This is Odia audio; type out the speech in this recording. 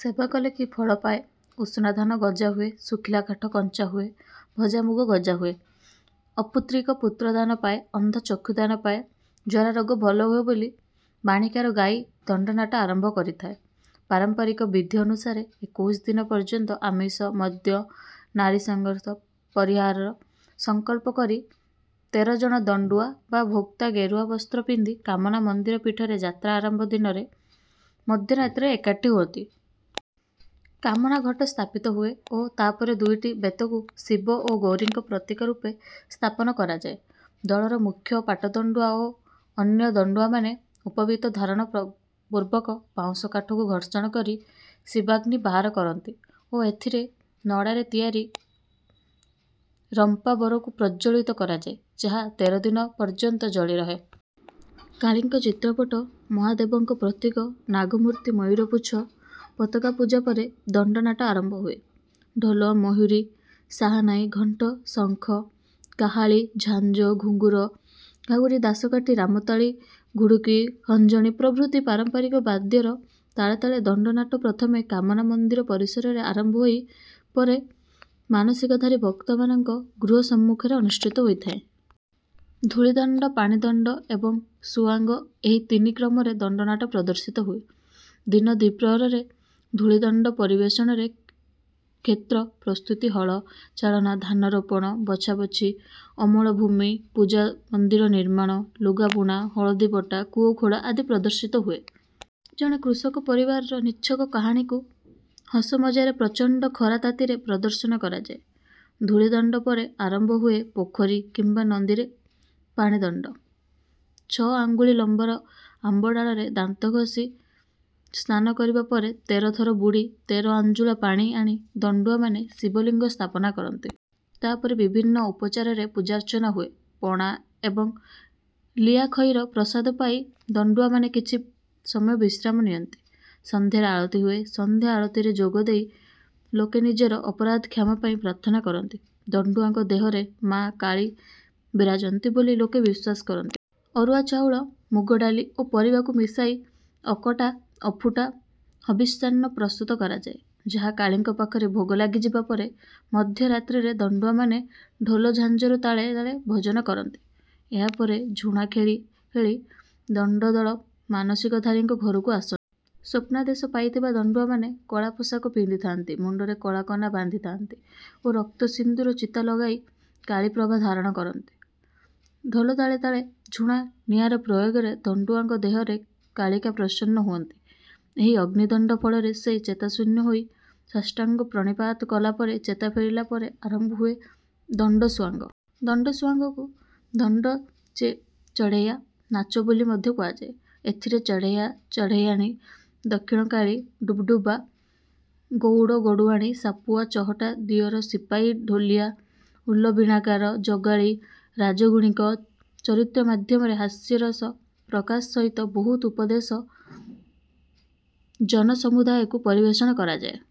ସେବା କଲେ କି ଫଳ ପାଏ ଉଷୁନାଧାନ ଗଜା ହୁଏ ଶୁଖିଲା କାଠ କଞ୍ଚା ହୁଏ ଭଜାମୁଗ ଗଜା ହୁଏ ଅପୁତ୍ରିକ ପୁତ୍ରଦାନ ପାଏ ଅନ୍ଧ ଚକ୍ଷୁଦାନ ପାଏ ଜରାରୋଗ ଭଲ ହୁଏ ବୋଲି ବାଣୀକାର ଗାଇ ଦଣ୍ଡନାଟ ଆରମ୍ଭ କରିଥାଏ। ପାରମ୍ପରିକ ବିଧି ଅନୁସାରେ ଏକୋଇଶି ଦିନ ପର୍ଯ୍ୟନ୍ତ ଆମିଷ ମଦ୍ୟ ନାରୀସଂସର୍ଗ ପରିହାରର ସଂକଳ୍ପ କରି ତେର ଜଣ ଦଣ୍ଡୁଆ ବା ଭୋକ୍ତା ଗେରୁଆ ବସ୍ତ୍ର ପିନ୍ଧି କାମନା ମନ୍ଦିର ପୀଠରେ ଯାତ୍ରା ଆରମ୍ଭ ଦିନର ମଧ୍ୟରାତ୍ରରେ ଏକାଠି ହୁଅନ୍ତି। କାମନା ଘଟ ସ୍ଥାପିତ ହୁଏ ଓ ତା ପରେ ଦୁଇଟି ବେତକୁ ଶିବ ଓ ଗୌରୀଙ୍କ ପ୍ରତୀକ ରୂପେ ସ୍ଥାପନ କରାଯାଏ। ଦଳର ମୁଖ୍ୟ ପାଟ ଦଣ୍ଡୁଆ ଓ ଅନ୍ୟ ଦଣ୍ଡୁଆମାନେ ଉପବୀତ ଧାରଣ ପୂର୍ବକ ବାଉଁଶକାଠକୁ ଘର୍ଷଣ କରି ଶିବାଗ୍ନି ବାହାର କରନ୍ତି ଓ ଏଥିରେ ନଡ଼ାରେ ତିଆରି ରମ୍ପାବରକୁ ପ୍ରଜ୍ୱଳିତ କରାଯାଏ ଯାହା ତେର ଦିନ ପର୍ଯ୍ୟନ୍ତ ଜଳି ରହେ। କାଳୀଙ୍କ ଚିତ୍ରପଟ ମହାଦେବଙ୍କ ପ୍ରତୀକ ନାଗ ମୂର୍ତ୍ତି ମୟୂରପୁଚ୍ଛ ପତାକା ପୂଜା ପରେ ଦଣ୍ଡନାଟ ଆରମ୍ଭ ହୁଏ। ଢୋଲ ମହୁରୀ ସାହାନାଇ ଘଣ୍ଟ ଶଙ୍ଖ କାହାଳୀ ଝାଞ୍ଜ ଘୁଙ୍ଗୁର ଘାଗୁଡ଼ି ଦାସକାଠି ରାମତାଳି ଘୁଡୁକୀ ଖଞ୍ଜଣୀ ପ୍ରଭୃତି ପାରମ୍ପରିକ ବାଦ୍ୟର ତାଳେ ତାଳେ ଦଣ୍ଡନାଟ ପ୍ରଥମେ କାମନା ମନ୍ଦିର ପରିସରରେ ଆରମ୍ଭ ହୋଇ ପରେ ମାନସିକଧାରୀ ଭକ୍ତମାନଙ୍କ ଗୃହ ସମ୍ମୁଖରେ ଅନୁଷ୍ଠିତ ହୋଇଥାଏ। ଧୂଳିଦଣ୍ଡ ପାଣିଦଣ୍ଡ ଏବଂ ସୁଆଙ୍ଗ ଏହି ତିନି କ୍ରମରେ ଦଣ୍ଡନାଟ ପ୍ରଦର୍ଶିତ ହୁଏ। ଦିନ ଦ୍ୱିପ୍ରହରରେ ଧୂଳିଦଣ୍ଡ ପରିବେଷଣରେ କ୍ଷେତ୍ର ପ୍ରସ୍ତୁତି ହଳ ଚାଳନା ଧାନ ରୋପଣ ବଛାବଛି ଅମଳ ଭୂମି ପୂଜା ମନ୍ଦିର ନିର୍ମାଣ ଲୁଗା ବୁଣା ହଳଦୀ ବଟା କୂଅ ଖୋଳା ଆଦି ପ୍ରଦର୍ଶିତ ହୁଏ। ଜଣେ କୃଷକ ପରିବାରର ନିଛକ କାହାଣୀକୁ ହସମଜାରେ ପ୍ରଚଣ୍ଡ ଖରାତାତିରେ ପ୍ରଦର୍ଶନ କରାଯାଏ। ଧୂଳିଦଣ୍ଡ ପରେ ଆରମ୍ଭ ହୁଏ ପୋଖରୀ କିମ୍ବା ନଦୀରେ ପାଣିଦଣ୍ଡ। ଛଅ ଆଙ୍ଗୁଳି ଲମ୍ବର ଆମ୍ବ ଡାଳରେ ଦାନ୍ତ ଘସି ସ୍ନାନ କରିବା ପରେ ତେର ଥର ବୁଡ଼ି ତେର ଆଞ୍ଜୁଳା ପାଣି ଆଣି ଦଣ୍ଡୁଆମାନେ ଶିବଲିଙ୍ଗ ସ୍ଥାପନା କରନ୍ତି। ତା ପରେ ବିଭିନ୍ନ ଉପଚାରରେ ପୂଜାର୍ଚ୍ଚନା ହୁଏ। ପଣା ଏବଂ ଲିଆଖଇର ପ୍ରସାଦ ପାଇ ଦଣ୍ଡୁଆମାନେ କିଛି ସମୟ ବିଶ୍ରାମ ନିଅନ୍ତି। ସନ୍ଧ୍ୟାରେ ଆଳତୀ ହୁଏ। ସନ୍ଧ୍ୟା ଆଳତୀରେ ଯୋଗଦେଇ ଲୋକେ ନିଜର ଅପରାଧ କ୍ଷମା ପାଇଁ ପ୍ରାର୍ଥନା କରିଥାନ୍ତି। ଦଣ୍ଡୁଆଙ୍କ ଦେହରେ ମାଆ କାଳୀ ବିରାଜନ୍ତି ବୋଲି ଲୋକେ ବିଶ୍ୱାସ କରନ୍ତି। ଅରୁଆ ଚାଉଳ ମୁଗ ଡାଲି ଓ ପରିବାକୁ ମିଶାଇ ଅକଟା ଅଫୁଟା ହବିଷ୍ୟାନ୍ନ ପ୍ରସ୍ତୁତ କରାଯାଏ ଯାହା କାଳୀଙ୍କ ପାଖରେ ଭୋଗ ଲଗାଯିବା ପରେ ମଧ୍ୟରାତ୍ରରେ ଦଣ୍ଡୁଆମାନେ ଢୋଲ ଝାଞ୍ଜର ତାଳେ ତାଳେ ଭୋଜନ କରନ୍ତି। ଏହା ପରେ ଝୁଣା ଖେଳି ଖେଳି ଦଣ୍ଡଦଳ ମାନସିକଧାରୀଙ୍କ ଘରକୁ ଆସନ୍ତି। ସ୍ୱପ୍ନାଦେଶ ପାଇଥିବା ଦଣ୍ଡୁଆମାନେ କଳା ପୋଷାକ ପିନ୍ଧିଥାନ୍ତି ମୁଣ୍ଡରେ କଳା କନା ବାନ୍ଧିଥାନ୍ତି ଓ ରକ୍ତ ସିନ୍ଦୁର ଚିତା ଲଗାଇ କାଳୀପ୍ରଭା ଧାରଣ କରିଥାନ୍ତି। ଢୋଲ ତାଳେ ତାଳେ ଝୁଣା ନିଆଁର ପ୍ରୟୋଗରେ ଦଣ୍ଡୁଆଙ୍କ ଦେହରେ କାଳିକା ପ୍ରସନ୍ନ ହୁଅନ୍ତି। ଏହି ଅଗ୍ନିଦଣ୍ଡ ଫଳରେ ସେ ଚେତାଶୂନ୍ୟ ହୋଇ ସାଷ୍ଟାଙ୍ଗ ପ୍ରଣିପାତ କଲା ପରେ ଚେତା ଫେରିଲା ପରେ ଆରମ୍ଭ ହୁଏ ଦଣ୍ଡସୁଆଙ୍ଗ। ଦଣ୍ଡସୁଆଙ୍ଗକୁ ଦଣ୍ଡ ଚଢ଼େୟା ନାଚ ବୋଲି ମଧ୍ୟ କୁହାଯାଏ। ଏଥିରେ ଚଢ଼େୟା ଚଢ଼େୟାଣୀ ଦକ୍ଷିଣକାଳୀ ଡୁବଡୁବା ଗଉଡ଼ ଗଉଡ଼ୁଣୀ ସାପୁଆ ଚହଟା ଦିଅର ସିପାହୀ ଢୋଲିଆ ଉଲ ବୀଣାକାର ଜଗାଳି ରାଜଗୁଣିଙ୍କ ଚରିତ୍ର ମାଧ୍ୟମରେ ହାସ୍ୟରସ ପ୍ରକାଶ ସହିତ ବହୁ ଉପଦେଶ ଜନସମୁଦାୟକୁ ପରିବେଷଣ କରାଯାଏ।